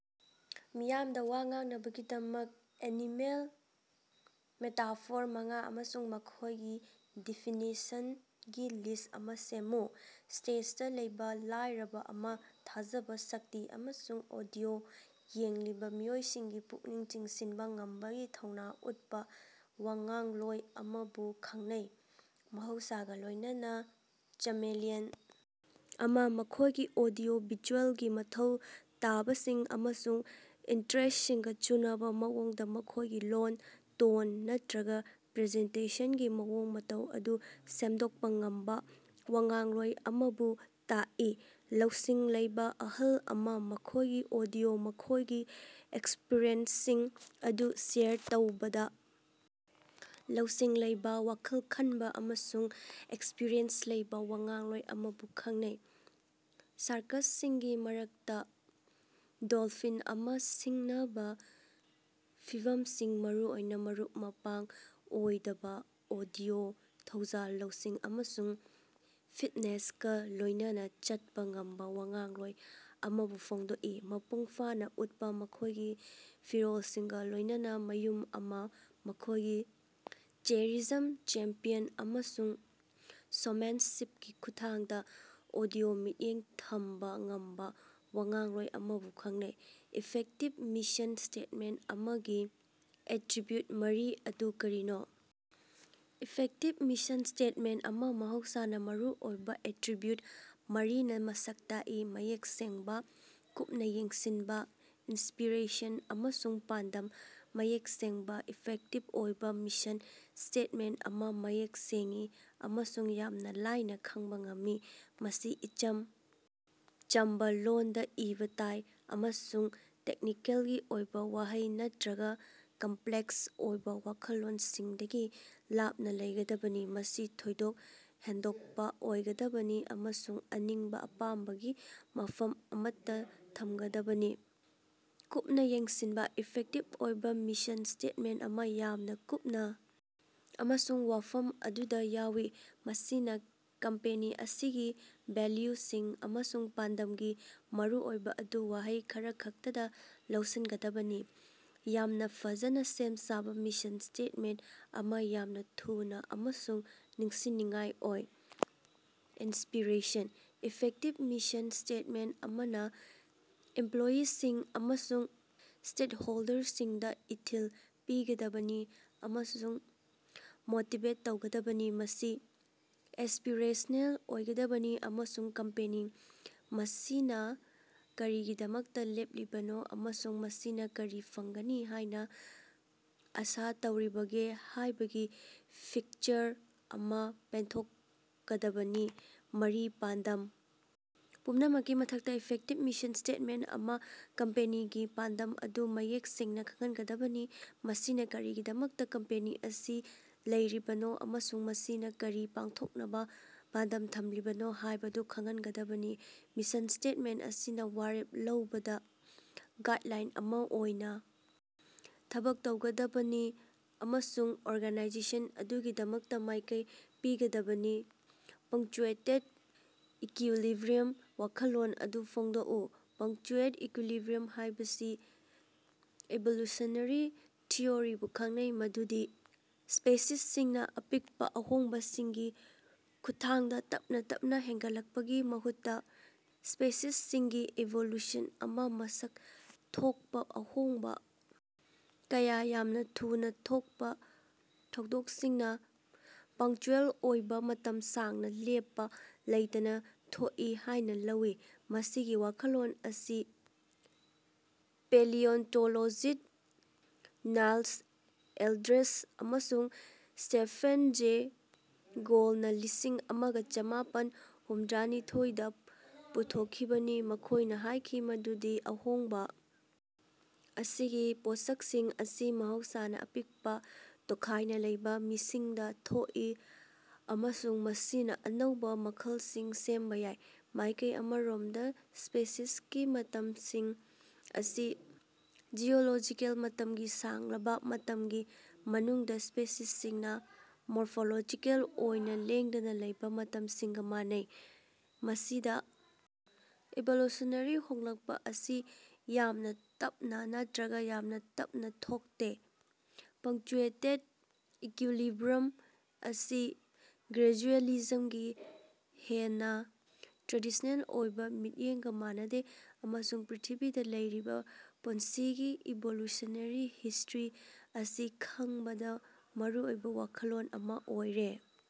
ꯃꯤꯌꯥꯝꯗ ꯋꯥ ꯉꯥꯡꯅꯕꯒꯤꯗꯃꯛ animal metaphor ꯃꯉꯥ ꯑꯃꯁꯨꯡ ꯃꯈꯣꯏꯒꯤ ꯗꯦꯐꯤꯅꯤꯁꯒꯤ ꯂꯤꯁ ꯑꯃ ꯁꯦꯝꯃꯨ꯫ "ꯁ꯭ꯇꯦꯖꯗꯥ ꯂꯩꯕ ꯂꯥꯏꯔꯕ ꯑꯃ" ꯊꯥꯖꯕ, ꯁꯛꯇꯤ ꯑꯃꯁꯨꯡ ꯑꯣꯗꯤꯑꯣꯗ ꯌꯦꯡꯂꯤꯕ ꯃꯤꯑꯣꯏꯁꯤꯡꯒꯤ ꯄꯨꯛꯅꯤꯡ ꯆꯤꯡꯁꯤꯟꯕ ꯉꯝꯕꯒꯤ ꯊꯧꯅ ꯎꯠꯄꯥ ꯋꯥꯉꯥꯡꯂꯣꯏ ꯑꯃꯕꯨ ꯈꯉꯅꯩ꯫ "ꯋꯥꯍꯩꯁꯤꯡꯒ ꯂꯣꯏꯅꯅꯥ ꯆꯦꯃꯦꯂꯤꯌꯟ ꯑꯃ" ꯃꯈꯣꯏꯒꯤ ꯑꯣꯗꯤꯑꯣ-ꯚꯤꯖꯨꯑꯦꯜꯒꯤ ꯃꯊꯧ ꯇꯥꯕꯁꯤꯡ ꯑꯃꯁꯨꯡ ꯏꯟꯇꯔꯦꯁ꯭ꯇꯁꯤꯡꯒ ꯆꯨꯅꯕꯥ ꯃꯑꯣꯡꯗ ꯃꯈꯣꯏꯒꯤ ꯂꯣꯟ, ꯇꯣꯟ ꯅꯠꯇꯔꯒ ꯄ꯭ꯔꯖꯦꯟꯇꯦꯁꯒꯤ ꯃꯑꯣꯡ ꯃꯇꯧ ꯑꯗꯨ ꯁꯦꯝꯗꯣꯛꯄꯥ ꯉꯝꯕꯥ ꯋꯥꯉꯥꯡꯂꯣꯏ ꯑꯃꯕꯨ ꯇꯥꯛꯏ꯫ "ꯂꯧꯁꯤꯡ ꯂꯩꯕ ꯑꯍꯜ ꯑꯃ" ꯃꯈꯣꯏꯒꯤ ꯑꯣꯗꯤꯑꯣꯗ ꯃꯈꯣꯏꯒꯤ ꯑꯦꯛꯁꯄꯔꯇꯁꯤꯡ ꯑꯗꯨ ꯁꯦꯌꯔ ꯇꯧꯕꯗ ꯂꯧꯁꯤꯡ ꯂꯩꯕꯥ, ꯋꯥꯈꯜ ꯈꯟꯕ ꯑꯃꯁꯨꯡ ꯑꯦꯛꯁꯄꯔꯤꯌꯦꯟꯁ ꯂꯩꯕ ꯋꯥꯉꯥꯡꯂꯣꯏ ꯑꯃꯕꯨ ꯈꯉꯅꯩ꯫ "ꯁꯥꯔꯀꯁꯁꯤꯡꯒꯤ ꯃꯔꯛꯇꯥ ꯗꯣꯂꯐꯤꯟ ꯑꯃ" ꯁꯤꯡꯅꯕ ꯐꯤꯚꯝꯁꯤꯡ, ꯃꯔꯨꯑꯣꯏꯅ ꯃꯔꯨꯞ-ꯃꯄꯥꯡ ꯑꯣꯏꯗꯕ ꯑꯣꯗꯤꯑꯣꯗ, ꯊꯧꯖꯥꯜ, ꯂꯧꯁꯤꯡ ꯑꯃꯁꯨꯡ ꯐꯤꯠꯅꯦꯁꯀꯥ ꯂꯣꯏꯅꯅꯥ ꯆꯠꯄꯥ ꯉꯝꯕ ꯋꯥꯉꯥꯡꯂꯣꯏ ꯑꯃꯕꯨ ꯐꯣꯡꯗꯣꯛꯏ꯫ ꯃꯄꯨꯡ ꯐꯥꯅ ꯎꯠꯄꯥ ꯃꯈꯣꯏꯒꯤ ꯐꯤꯔꯣꯜꯁꯤꯡꯒ ꯂꯣꯏꯅꯅꯥ ꯃꯌꯨꯝ ꯑꯃ" ꯃꯈꯣꯏꯒꯤ ꯆꯦꯔꯤꯖꯝ, ꯆꯦꯝꯄꯤꯌꯟ, ꯑꯃꯁꯨꯡ ꯁꯣꯃꯦꯅꯁꯤꯞꯀꯤ ꯈꯨꯠꯊꯥꯡꯗ ꯑꯣꯗꯤꯑꯣꯗ ꯃꯤꯠꯌꯦꯡ ꯊꯝꯕꯥ ꯉꯝꯕꯥ ꯋꯥꯉꯥꯡꯂꯣꯏ ꯑꯃꯕꯨ ꯈꯪꯅꯩ꯫ ꯏꯐꯦꯛꯇꯤꯕ ꯃꯤꯁꯟ ꯁ꯭ꯇꯦꯠꯃꯦꯟꯇ ꯑꯃꯒꯤ ꯑꯦꯇꯔꯤꯕ꯭ꯌꯨꯠ ꯃꯔꯤ ꯑꯗꯨ ꯀꯔꯤꯅꯣ? ꯏꯐꯦꯛꯇꯤꯕ ꯃꯤꯁꯟ ꯁ꯭ꯇꯦꯠꯃꯦꯟꯇ ꯑꯃ ꯃꯍꯧꯁꯥꯅ ꯃꯔꯨꯑꯣꯏꯕ ꯑꯦꯇꯔꯤꯕ꯭ꯌꯨꯠ ꯃꯔꯤꯅ ꯃꯁꯛ ꯇꯥꯛꯏ: ꯃꯌꯦꯛ ꯁꯦꯡꯕꯥ, ꯀꯨꯞꯅꯥ ꯌꯦꯡꯁꯤꯟꯕꯥ, ꯏꯟꯁꯄꯤꯔꯦꯁꯟ ꯑꯃꯁꯨꯡ ꯄꯥꯟꯗꯝ꯫ ꯃꯌꯦꯛ ꯁꯦꯡꯕꯥ: ꯏꯐꯦꯛꯇꯤꯕ ꯑꯣꯏꯕꯥ ꯃꯤꯁꯟ ꯁ꯭ꯇꯦꯠꯃꯦꯟꯇ ꯑꯃ ꯃꯌꯦꯛ ꯁꯦꯡꯏ ꯑꯃꯁꯨꯡ ꯌꯥꯝꯅ ꯂꯥꯏꯅ ꯈꯪꯕ ꯉꯝꯃꯤ꯫ ꯃꯁꯤ ꯏꯆꯝ ꯆꯝꯕꯥ ꯂꯣꯟꯗ ꯏꯕꯥ ꯇꯥꯏ ꯑꯃꯁꯨꯡ ꯇꯦꯛꯅꯤꯀꯦꯜꯒꯤ ꯑꯣꯏꯕ ꯋꯥꯍꯩ ꯅꯠꯇꯔꯒ ꯀꯝꯄꯂꯦꯛꯁ ꯑꯣꯏꯕ ꯋꯥꯈꯜꯂꯣꯟꯁꯤꯡꯗꯒꯤ ꯂꯥꯞꯅ ꯂꯩꯒꯗꯕꯅꯤ꯫ ꯃꯁꯤ ꯊꯣꯏꯗꯣꯛ ꯍꯦꯟꯗꯣꯛꯄ ꯑꯣꯏꯒꯗꯕꯅꯤ ꯑꯃꯁꯨꯡ ꯑꯅꯤꯡꯕꯥ ꯑꯄꯥꯝꯕꯒꯤ ꯃꯐꯝ ꯑꯃꯠꯇꯥ ꯊꯝꯒꯗꯕꯅꯤ꯫ ꯀꯨꯞꯅꯥ ꯌꯦꯡꯁꯤꯟꯕꯥ: ꯏꯐꯦꯛꯇꯤꯕ ꯑꯣꯏꯕꯥ ꯃꯤꯁꯟ ꯁ꯭ꯇꯦꯠꯃꯦꯟꯇ ꯑꯃ ꯌꯥꯝꯅ ꯀꯨꯞꯅꯥ ꯑꯃꯁꯨꯡ ꯋꯥꯐꯝ ꯑꯗꯨꯗ ꯌꯧꯏ꯫ ꯃꯁꯤꯅ ꯀꯝꯄꯦꯅꯤ ꯑꯁꯤꯒꯤ ꯚꯦꯜꯌꯨꯁꯤꯡ ꯑꯃꯁꯨꯡ ꯄꯥꯟꯗꯝꯒꯤ ꯃꯔꯨꯑꯣꯏꯕ ꯑꯗꯨ ꯋꯥꯍꯩ ꯈꯔꯈꯛꯇꯗ ꯂꯧꯁꯤꯟꯒꯗꯕꯅꯤ꯫ ꯌꯥꯝꯅ ꯐꯖꯅꯥ ꯁꯦꯝ ꯁꯥꯕ ꯃꯤꯁꯟ ꯁ꯭ꯇꯦꯠꯃꯦꯟꯇ ꯑꯃ ꯌꯥꯝꯅ ꯊꯨꯅꯥ ꯑꯃꯁꯨꯡ ꯅꯤꯡꯁꯤꯡꯅꯤꯡꯉꯥꯏ ꯑꯣꯏ꯫ ꯏꯟꯁꯄꯤꯔꯦꯁꯟ: ꯏꯐꯦꯛꯇꯤꯕ ꯃꯤꯁꯟ ꯁ꯭ꯇꯦꯠꯃꯦꯟꯇ ꯑꯃꯅ ꯏꯃꯄꯂꯣꯌꯤꯁꯤꯡ ꯑꯃꯁꯨꯡ ꯁ꯭ꯇꯦꯍꯣꯜꯗꯔꯁꯤꯡꯗ ꯏꯊꯤꯜ ꯄꯤꯒꯗꯕꯅꯤ ꯑꯃꯁꯨꯡ ꯃꯣꯇꯤꯕꯦꯠ ꯇꯧꯒꯗꯕꯅꯤ꯫ ꯃꯁꯤ ꯑꯦꯁ꯭ꯄꯤꯔꯦꯁꯅꯦꯜ ꯑꯣꯏꯒꯗꯕꯅꯤ ꯑꯃꯁꯨꯡ ꯀꯝꯄꯦꯅꯤ ꯃꯁꯤꯅ ꯀꯔꯤꯒꯤꯗꯃꯛꯇ ꯂꯦꯞꯂꯤꯕꯅꯣ, ꯑꯃꯁꯨꯡ ꯃꯁꯤꯅꯥ ꯀꯔꯤ ꯐꯪꯒꯅꯤ ꯍꯥꯏꯅ ꯑꯥꯁ ꯇꯧꯔꯤꯕꯒꯦ ꯍꯥꯏꯕꯒꯤ ꯐꯤꯛꯆꯔ ꯑꯃ ꯄꯦꯟꯊꯣꯛꯀꯗꯕꯅꯤ꯫ ꯃꯔꯤ. ꯄꯥꯟꯗꯝ ꯄꯨꯝꯅꯃꯛꯀꯤ ꯃꯊꯛꯇꯥ, ꯏꯐꯦꯛꯇꯤꯕ ꯃꯤꯁꯟ ꯁ꯭ꯇꯦꯠꯃꯦꯟꯇ ꯑꯃ ꯀꯝꯄꯦꯅꯤꯒꯤ ꯄꯥꯟꯗꯝ ꯑꯗꯨ ꯃꯌꯦꯛ ꯁꯦꯡꯅꯥ ꯈꯪꯍꯟꯒꯗꯕꯅꯤ꯫ ꯃꯁꯤꯅ ꯀꯔꯤꯒꯤꯗꯃꯛꯇꯥ ꯀꯝꯄꯦꯅꯤ ꯑꯁꯤ ꯂꯩꯔꯤꯕꯅꯣ ꯑꯃꯁꯨꯡ ꯃꯁꯤꯅ ꯀꯔꯤ ꯄꯥꯡꯊꯣꯛꯅꯕ ꯄꯥꯟꯗꯝ ꯊꯝꯂꯤꯕꯅꯣ ꯍꯥꯏꯕꯗꯨ ꯈꯪꯍꯟꯒꯗꯕꯅꯤ꯫ ꯃꯤꯁꯟ ꯁ꯭ꯇꯦꯠꯃꯦꯟꯇ ꯑꯁꯤꯅ ꯋꯥꯔꯦꯞ ꯂꯧꯕꯗ ꯒꯥꯏꯗꯂꯥꯏꯟ ꯑꯃ ꯑꯣꯏꯅ ꯊꯕꯛ ꯇꯧꯒꯗꯕꯅꯤ ꯑꯃꯁꯨꯡ ꯑꯣꯔꯒꯥꯅꯥꯏꯖꯦꯁꯟ ꯑꯗꯨꯒꯤꯗꯃꯛꯇ ꯃꯥꯏꯀꯩ ꯄꯤꯒꯗꯕꯅꯤ꯫ ꯄꯪꯆ꯭ꯌꯨꯑꯦꯇꯦꯠ ꯏꯀꯌꯨꯂꯤꯕꯔꯤꯌꯝ ꯋꯥꯈꯜꯂꯣꯟ ꯑꯗꯨ ꯐꯣꯡꯗꯣꯛꯎ꯫ ꯄꯪꯆ꯭ꯌꯨꯑꯦꯇꯦꯠ ꯏꯀꯌꯨꯂꯤꯕꯤꯌꯝ ꯍꯥꯏꯕꯁꯤ ꯏꯚꯣꯂꯨꯁꯟꯅꯦꯔꯤ ꯊꯤꯑꯣꯔꯤꯕꯨ ꯈꯪꯅꯩ ꯃꯗꯨꯗꯤ ꯁ꯭ꯄꯦꯁꯤꯁꯁꯤꯡꯅꯥ ꯑꯄꯤꯛꯄꯥ ꯑꯍꯣꯡꯕꯁꯤꯡꯒꯤ ꯈꯨꯠꯊꯥꯡꯗ ꯇꯞꯅꯥ ꯇꯞꯅꯥ ꯍꯦꯟꯒꯠꯂꯛꯄꯒꯤ ꯃꯍꯨꯠꯇꯥ, ꯁ꯭ꯄꯦꯁꯤꯁꯁꯤꯡꯒꯤ ꯏꯚꯣꯂꯨꯁꯟ ꯑꯁꯤ ꯃꯁꯛ ꯊꯣꯛꯄꯥ ꯑꯍꯣꯡꯕꯥ ꯀꯌꯥ ꯌꯥꯝꯅ ꯊꯨꯅ ꯊꯣꯛꯄꯥ ꯊꯧꯗꯣꯛꯁꯤꯡꯅ ꯄꯪꯆ꯭ꯌꯨꯑꯦꯜ ꯑꯣꯏꯕ ꯃꯇꯝ ꯁꯥꯡꯅ ꯂꯦꯞꯄꯥ ꯂꯩꯇꯅ ꯊꯣꯛꯏ ꯍꯥꯏꯅ ꯂꯧꯏ꯫ ꯃꯁꯤꯒꯤ ꯋꯥꯈꯜꯂꯣꯟ ꯑꯁꯤ ꯄꯦꯂꯤꯑꯣꯟꯇꯣꯂꯣꯖꯤꯁ꯭ꯠ ꯅꯥꯏꯂꯁ ꯑꯦꯜꯗ꯭ꯔꯦꯖ ꯑꯃꯁꯨꯡ ꯁ꯭ꯇꯦꯐꯦꯟ ꯖꯦ ꯒꯧꯜꯗꯅꯂꯤꯁꯤꯡ ꯑꯃꯒ ꯆꯃꯥꯄꯜ ꯍꯨꯝꯗ꯭ꯔꯥꯅꯤꯊ‌ꯣꯏ ꯗꯥ ꯄꯨꯊꯣꯛꯈꯤꯕꯅꯤ, ꯃꯈꯣꯏꯅ ꯍꯥꯏꯈꯤ ꯃꯗꯨꯗꯤ ꯑꯍꯣꯡꯕ ꯑꯁꯤꯒꯤ ꯄꯣꯠꯁꯛꯁꯤꯡ ꯑꯁꯤ ꯃꯍꯧꯁꯥꯅ ꯑꯄꯤꯛꯄ, ꯇꯣꯈꯥꯏꯅ ꯂꯩꯕ ꯃꯤꯁꯤꯡꯗ ꯊꯣꯛꯏ ꯑꯃꯁꯨꯡ ꯃꯁꯤꯅꯥ ꯑꯅꯧꯕꯥ ꯃꯈꯜꯁꯤꯡ ꯁꯦꯝꯕꯥ ꯌꯥꯏ꯫ ꯃꯥꯏꯀꯩ ꯑꯃꯔꯣꯝꯗꯥ, ꯁ꯭ꯄꯦꯁꯤꯁꯀꯤ ꯃꯇꯝꯁꯤꯡ ꯑꯁꯤ ꯖꯤꯑꯣꯂꯣꯖꯤꯀꯦꯜ ꯃꯇꯝꯒꯤ ꯁꯥꯡꯂꯕꯥ ꯃꯇꯝꯒꯤ ꯃꯅꯨꯡꯗꯥ ꯁ꯭ꯄꯦꯁꯤꯁꯁꯤꯡꯅ ꯃꯣꯔꯐꯣꯂꯣꯖꯤꯀꯦꯜ ꯑꯣꯏꯅꯥ ꯂꯦꯡꯗꯅꯥ ꯂꯩꯕ ꯃꯇꯝꯁꯤꯡꯒ ꯃꯥꯟꯅꯩ, ꯃꯁꯤꯗ ꯏꯚꯣꯂꯨꯁꯅꯦꯔꯤ ꯍꯣꯡꯂꯛꯄꯥ ꯑꯁꯤ ꯌꯥꯝꯅ ꯇꯞꯅꯥ ꯅꯠꯇꯔꯒ ꯌꯥꯝꯅ ꯇꯞꯅꯥ ꯊꯣꯛꯇꯦ꯫ ꯄꯪꯆ꯭ꯌꯨꯑꯦꯇꯦꯠ ꯏꯀꯌꯨꯂꯤꯕꯔ꯭ꯝ ꯑꯁꯤ ꯒ꯭ꯔꯦꯖꯨꯑꯦꯂꯤꯖꯝꯒꯤ ꯍꯦꯟꯅꯥ ꯇ꯭ꯔꯦꯗꯤꯁ꯭ꯅꯦꯜ ꯑꯣꯏꯕ ꯃꯤꯠꯌꯦꯡꯒ ꯃꯥꯟꯅꯗꯦ ꯑꯃꯁꯨꯡ ꯄ꯭ꯔ꯭ꯤꯊꯤꯕꯤꯗ ꯂꯩꯔꯤꯕ ꯄꯨꯟꯁꯤꯒꯤ ꯏꯚꯣꯂꯨꯁꯅꯦꯔꯤ ꯍꯤꯁ꯭ꯇꯔꯤ ꯑꯁꯤ ꯈꯪꯕꯗ ꯃꯔꯨꯑꯣꯏꯕ ꯋꯥꯈꯜꯂꯣꯟ ꯑꯃ ꯑꯣꯏꯔꯦ꯫